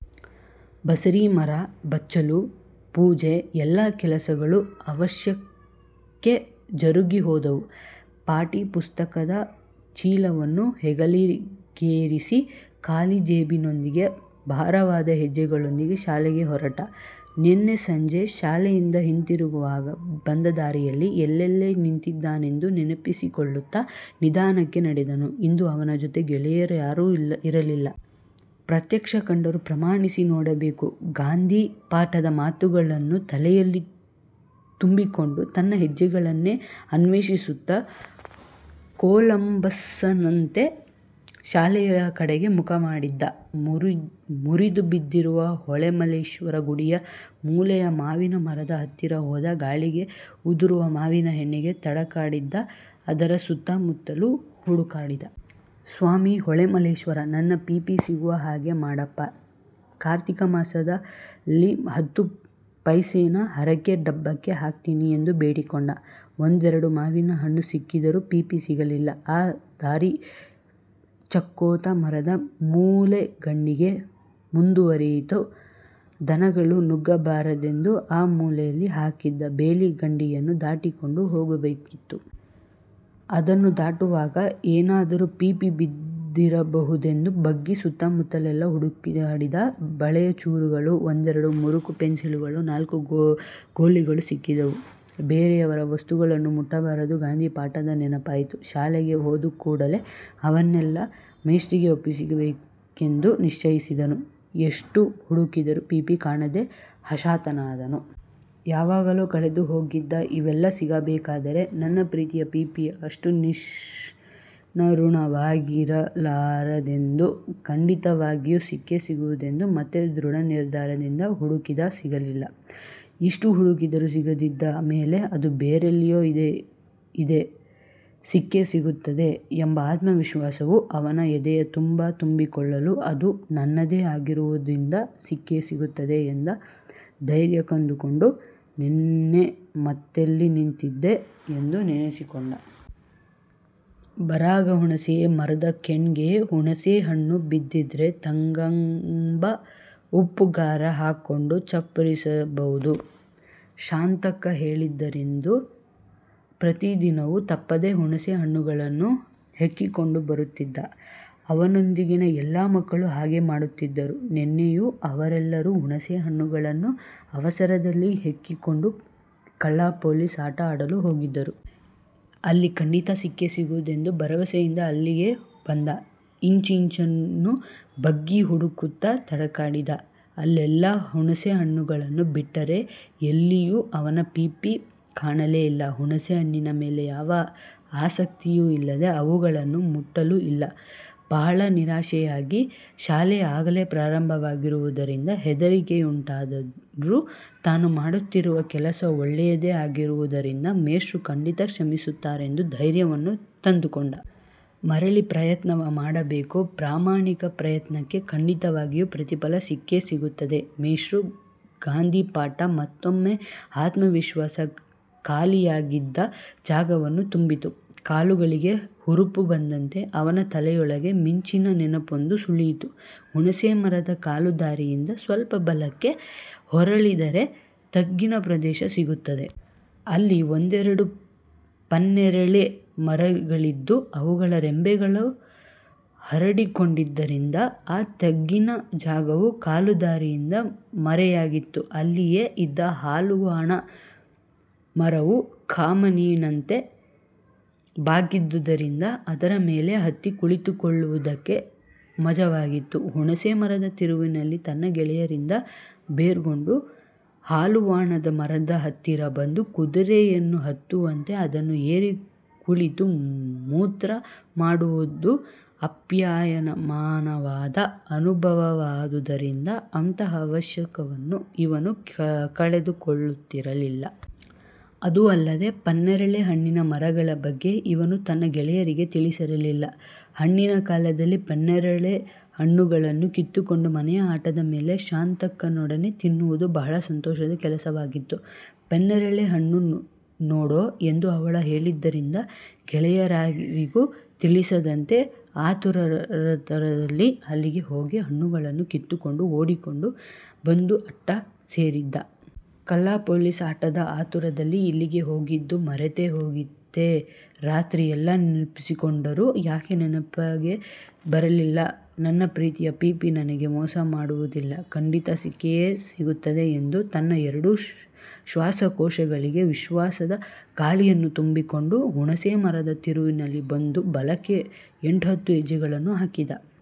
ಬಸರೀ ಮರ, ಬಚ್ಚಲು, ಪೂಜೆ- ಎಲ್ಲಾ ಕೆಲಸಗಳೂ ಅವಷ್ಟಕ್ಕೇ ಜರುಗಿ ಹೋದವು. ಪಾಟಿ ಪುಸ್ತಕದ ಚೀಲವನ್ನು ಹೆಗಲಿಗೇರಿಸಿ, ಖಾಲಿ ಜೇಬಿನೊಂದಿಗೆ ಭಾರವಾದ ಹೆಜ್ಜೆಗಳೊಂದಿಗೆ ಶಾಲೆಗೆ ಹೊರಟ. ನಿನ್ನೆ ಸಂಜೆ ಶಾಲೆಯಿಂದ ಹಿಂತಿರುಗುವಾಗ ಬಂದ ದಾರಿಯಲ್ಲಿ, ಎಲ್ಲೆಲ್ಲಿ ನಿಂತಿದ್ದೆನೆಂದು ನೆನಪಿಸಿಕೊಳ್ಳುತ್ತಾ ನಿಧಾನಕ್ಕೆ ನಡೆದ. ಇಂದು ಅವನ ಜೊತೆ ಗೆಳೆಯರಾರೂ ಇರಲಿಲ್ಲ. ಪ್ರತ್ಯಕ್ಷ ಕಂಡರೂ ಪ್ರಾಮಾಣಿಸಿ ನೋಡಬೇಕು ಗಾಂಧಿ ಪಾಠದ ಮಾತುಗಳನ್ನು ತಲೆಯಲ್ಲಿ ತುಂಬಿಕೊಂಡು ತನ್ನ ಹೆಜ್ಜೆಗಳನ್ನೇ ಅನ್ವೇಷಿಸುತ್ತಾ ಕೊಲಂಬಸ್ಸನಂತೆ ಶಾಲೆಯ ಕಡೆಗೆ ಮುಖ ಮಾಡಿದ್ದ. ಮುರಿದು ಬಿದ್ದಿರುವ ಹೊಳೆಮಲ್ಲೇಶ್ವರ ಗುಡಿಯ ಮೂಲೆಯ ಮಾವಿನ ಮರದ ಹತ್ತಿರ ಹೋದ. ಗಾಳಿಗೆ ಉದುರುವ ಮಾವಿನ ಹಣ್ಣಿಗೆ ತಡಕಾಡಿದ್ದ. ಅದರ ಸುತ್ತಮುತ್ತಲೂ ಹುಡುಕಾಡಿದ. ಸ್ವಾಮಿ, ಹೊಳೆಮಲ್ಲೇಶ್ವರ ನನ್ನ ಪೀಪಿ ಸಿಗುವ ಹಾಗೆ ಮಾಡಪ್ಪಾ. ಕಾರ್ತೀಕ ಮಾಸದಲ್ಲಿ ಹತ್ತು ಪೈಸೇನ ಹರಕೆ ಡಬ್ಬಕ್ಕೆ ಹಾಕ್ತೀನಿ ಎಂದು ಬೇಡಿಕೊಂಡ. ಒಂದೆರಡು ಮಾವಿನ ಹಣ್ಣು ಸಿಕ್ಕಿದರೂ ಪೀಪಿ ಸಿಗಲಿಲ್ಲ. ಆ ದಾರಿ ಚಕ್ಕೋತ ಮರದ ಮೂಲೆಗಂಡಿಗೆ ಮುಂದುವರೆಯಿತು. ದನಗಳು ನುಗ್ಗಬಾರದೆಂದು ಆ ಮೂಲೆಯಲ್ಲಿ ಹಾಕಿದ್ದ ಬೇಲಿ ಗಂಡಿಯನ್ನು ದಾಟಿಕೊಂಡು ಹೋಗಬೇಕಿತ್ತು. ಅದನ್ನು ದಾಟುವಾಗ ಏನಾದರೂ ಪೀಪಿ ಬಿದ್ದಿರಬಹುದೆಂದು ಬಗ್ಗಿ ಸುತ್ತಮುತ್ತಲೆಲ್ಲಾ ಹುಡುಕಾಡಿದ. ಬಳೆಯ ಚೂರುಗಳು, ಒಂದೆರಡು ಮುರುಕು ಪೆನ್ಸಿಲ್ಲುಗಳು, ನಾಲ್ಕು ಗೋಲಿಗಳು ಸಿಕ್ಕಿದವು. ಬೇರೆಯವರ ವಸ್ತುಗಳನ್ನು ಮುಟ್ಟಬಾರದು ಗಾಂಧಿ ಪಾಠದ ನೆನಪಾಯಿತು. ಶಾಲೆಗೆ ಹೋದಕೂಡಲೇ ಅವನ್ನೆಲ್ಲಾ ಮೇಷ್ಟ್ರಿಗೆ ಒಪ್ಪಿಸಬೇಕೆಂದು ನಿಶ್ಚಯಿಸಿದ. ಎಷ್ಟು ಹುಡುಕಿದರೂ ಪೀಪಿ ಕಾಣದೆ ಹತಾಶನಾದ. ಯಾವಾಗಲೋ ಕಳೆದುಹೋಗಿದ್ದ ಇವೆಲ್ಲಾ ಸಿಗಬೇಕಾದರೆ, ನನ್ನ ಪ್ರೀತಿಯ ಪೀಪಿ ಅಷ್ಟು ನಿಷ್ಕರುಣವಾಗಿರಲಾರದೆಂದು, ಖಂಡಿತವಾಗಿಯೂ ಸಿಕ್ಕೇ ಸಿಗುವುದೆಂದು ಮತ್ತೆ ದೃಢ ನಿರ್ಧಾರದಿಂದ ಹುಡುಕಿದ, ಸಿಗಲಿಲ್ಲ. ಇಷ್ಟು ಹುಡುಕಿದರೂ ಸಿಗದಿದ್ದ ಮೇಲೆ ಅದು ಬೇರೆಲ್ಲಿಯೋ ಇದ್ದೇ ಇದೆ, ಸಿಕ್ಕೇ ಸಿಗುತ್ತದೆ ಎಂಬ ಆತ್ಮವಿಶ್ವಾಸವು ಅವನ ಎದೆಯ ತುಂಬ ತುಂಬಿಕೊಳ್ಳಲು ಅದು ನನ್ನದೇ ಆಗಿರುವುದರಿಂದ ಸಿಕ್ಕೇ ಸಿಗುತ್ತದೆ ಎಂದು ಧೈರ್ಯ ತಂದುಕೊಂಡು, ನಿನ್ನೆ ಮತ್ತೆಲ್ಲಿ ನಿಂತಿದ್ದೆ ಎಂದು ನೆನಸಿಕೊಂಡ. 'ಬರಾಗ ಹುಣಸೇ ಮರ್ದ ಕೆಳ್ಗೆ ಹುಣಸೇ ಹಣ್ಣು ಬಿದ್ದಿದ್ರೆ ತಗಂಬಾ ಉಪ್ಪು ಖಾರ ಹಾಕ್ಕೊಂಡು ಚಪ್ಪರಿಸಬೌದು' ಶಾಂತಕ್ಕ ಹೇಳಿದ್ದರಿಂದ ಪ್ರತಿದಿನವೂ ತಪ್ಪದೆ ಹುಣಸೆ ಹಣ್ಣುಗಳನ್ನು ಹೆಕ್ಕಿಕೊಂಡು ಬರುತ್ತಿದ್ದ. ಅವನೊಂದಿಗಿನ ಎಲ್ಲಾ ಮಕ್ಕಳೂ ಹಾಗೆ ಮಾಡುತ್ತಿದ್ದರು. ನಿನ್ನೆಯೂ ಅವರೆಲ್ಲರೂ ಹುಣಸೆ ಹಣ್ಣುಗಳನ್ನು ಅವಸರದಲ್ಲಿ ಹೆಕ್ಕಿಕೊಂಡು, ಕಳ್ಳ ಪೊಲೀಸ್ ಆಟ ಆಡಲು ಹೋಗಿದ್ದರು. ಅಲ್ಲಿ ಖಂಡಿತ ಸಿಕ್ಕೇ ಸಿಗುವುದೆಂದು ಭರವಸೆಯಿಂದ ಅಲ್ಲಿಗೆ ಬಂದ. ಇಂಚು ಇಂಚನ್ನೂ ಬಗ್ಗಿ ನೋಡುತ್ತಾ ತಡಕಾಡಿದ. ಅಲ್ಲೆಲ್ಲಾ ಹುಣಸೇ ಹಣ್ಣುಗಳನ್ನು ಬಿಟ್ಟರೆ ಎಲ್ಲಿಯೂ ಅವನ ಪೀಪಿ ಕಾಣಲೇ ಇಲ್ಲ. ಹುಣಸೇ ಹಣ್ಣಿನ ಮೇಲೆ ಯಾವ ಆಸಕ್ತಿಯೂ ಇಲ್ಲದೆ ಅವುಗಳನ್ನು ಮುಟ್ಟಲೂ ಇಲ್ಲ. ಬಹಳ ನಿರಾಶೆಯಾಯಿತು. ಶಾಲೆ ಆಗಲೇ ಪ್ರಾರಂಭವಾಗಿರುವುದರಿಂದ ಹೆದರಿಕೆಯುಂಟಾದರೂ ತಾನು ಮಾಡುತ್ತಿರುವ ಕೆಲಸ ಒಳ್ಳೆಯದೇ ಆಗಿರುವುದರಿಂದ ಮೇಷ್ಟ್ರು ಖಂಡಿತಾ ಕ್ಷಮಿಸುತ್ತಾರೆಂದು ಧೈರ್ಯವನ್ನು ತಂದುಕೊಂಡ. ಮರಳಿ ಪ್ರಯತ್ನವ ಮಾಡಬೇಕು, ಪ್ರಾಮಾಣಿಕ ಪ್ರಯತ್ನಕ್ಕೆ ಖಂಡಿತವಾಗಿಯೂ ಪ್ರತಿಫಲ ಸಿಕ್ಕೇ ಸಿಗುತ್ತದೆ ಮೇಷ್ಟ್ರ ಗಾಂಧಿ ಪಾಠ ಮತ್ತೊಮ್ಮೆ ಆತ್ಮವಿಶ್ವಾಸ ಖಾಲಿಯಾಗಿದ್ದ ಜಾಗವನ್ನು ತುಂಬಿತು. ಕಾಲುಗಳಿಗೆ ಹುರುಪು ಬಂದಂತೆ, ಅವನ ತಲೆಯೊಳಗೆ ಮಿಂಚಿನ ನೆನಪೊಂದು ಸುಳಿಯಿತು! ಹುಣಸೇ ಮರದ ಕಾಲುದಾರಿಯಿಂದ ಸ್ವಲ್ಪ ಬಲಕ್ಕೆ ಹೊರಳಿದರೆ ತಗ್ಗಿನ ಪ್ರದೇಶ ಸಿಗುತ್ತದೆ. ಅಲ್ಲಿ ಒಂದೆರಡು ಪನ್ನೇರಳೆ ಮರಗಳಿದ್ದು, ಅವುಗಳ ರೆಂಬೆಗಳು ಹರಡಿಕೊಂಡಿದ್ದರಿಂದ, ಆ ತಗ್ಗಿನ ಜಾಗವು ಕಾಲುದಾರಿಯಿಂದ ಮರೆಯಾಗಿತ್ತು. ಅಲ್ಲಿಯೇ ಇದ್ದ ಹಾಲುವಾಣ ಮರವು ಕಮಾನಿನಂತೆ ಬಾಗಿದ್ದುದರಿಂದ ಅದರ ಮೇಲೆ ಹತ್ತಿ ಕುಳಿತುಕೊಳ್ಳುವುದಕ್ಕೆ ಮಜವಾಗಿತ್ತು. ಹುಣಸೇ ಮರದ ತಿರುವಿನಲ್ಲಿ ತನ್ನ ಗೆಳೆಯರಿಂದ ಬೇರ್ಗೊಂಡು, ಹಾಲುವಾಣದ ಮರದ ಹತ್ತಿರ ಬಂದು, ಕುದುರೆಯನ್ನು ಹತ್ತುವಂತೆ ಅದನ್ನು ಏರಿ ಕುಳಿತು ಮೂತ್ರ ಮಾಡುವುದು ಅಪ್ಯಾಯಮಾನವಾದ ಅನುಭವವಾದುದರಿಂದ ಅಂಥ ಅವಕಾಶವನ್ನು ಇವನು ಕಳೆದುಕೊಳ್ಳುತ್ತಿರಲಿಲ್ಲ. ಅದೂ ಅಲ್ಲದೆ, ಪನ್ನೇರಳೆ ಹಣ್ಣಿನ ಮರಗಳ ಬಗ್ಗೆ ಇವನು ತನ್ನ ಗೆಳೆಯರಿಗೆ ತಿಳಿಸಿರಲಿಲ್ಲ. ಹಣ್ಣಿನ ಕಾಲದಲ್ಲಿ ಪನ್ನೇರಳೆ ಹಣ್ಣುಗಳನ್ನು ಕಿತ್ತುಕೊಂಡು ಮನೆಯ ಅಟ್ಟದ ಮೇಲೆ ಶಾಂತಕ್ಕನೊಡನೆ ತಿನ್ನುವುದು ಬಹಳ ಸಂತೋಷದ ಕೆಲಸವಾಗಿತ್ತು. 'ಪನ್ನೇರಳೆ ಹಣ್ಣು ನೋಡೋ' ಎಂದು ಅವಳು ಹೇಳಿದ್ದರಿಂದ ಗೆಳೆಯರಾರಿಗೂ ತಿಳಿಸದಂತೆ ಆತುರಾತುರದಲ್ಲಿ ಅಲ್ಲಿಗೆ ಹೋಗಿ, ಹಣ್ಣುಗಳನ್ನು ಕಿತ್ತುಕೊಂಡು ಓಡಿಕೊಂಡು ಬಂದು ಅಟ್ಟ ಸೇರಿದ್ದ. ಕಳ್ಳ ಪೊಲೀಸ್ ಆಟದ ಆತುರದಲ್ಲಿ ಇಲ್ಲಿಗೆ ಹೋಗಿದ್ದು ಮರೆತೇ ಹೋಗಿತ್ತೇ ರಾತ್ರಿ ಎಲ್ಲ ನೆನಪಿಸಿಕೊಂಡರೂ ಯಾಕೆ ನೆನಪಿಗೆ ಬರಲಿಲ್ಲ ನನ್ನ ಪ್ರೀತಿಯ ಪೀಪಿ ನನಗೆ ಮೋಸ ಮಾಡುವುದಿಲ್ಲ. ಖಂಡಿತಾ ಸಿಕ್ಕಿಯೇ ಸಿಗುತ್ತದೆ ಎಂದು, ತನ್ನ ಎರಡೂ ಶ್ವಾಸಕೋಶಗಳಿಗೆ ವಿಶ್ವಾಸದ ಗಾಳಿಯನ್ನು ತುಂಬಿಕೊಂಡು ಹುಣಸೇ ಮರದ ತಿರುವಿಗೆ ಬಂದು, ಬಲಕ್ಕೆ ಎಂಟ್ಹತ್ತು ಹೆಜ್ಜೆಗಳನ್ನು ಹಾಕಿದ.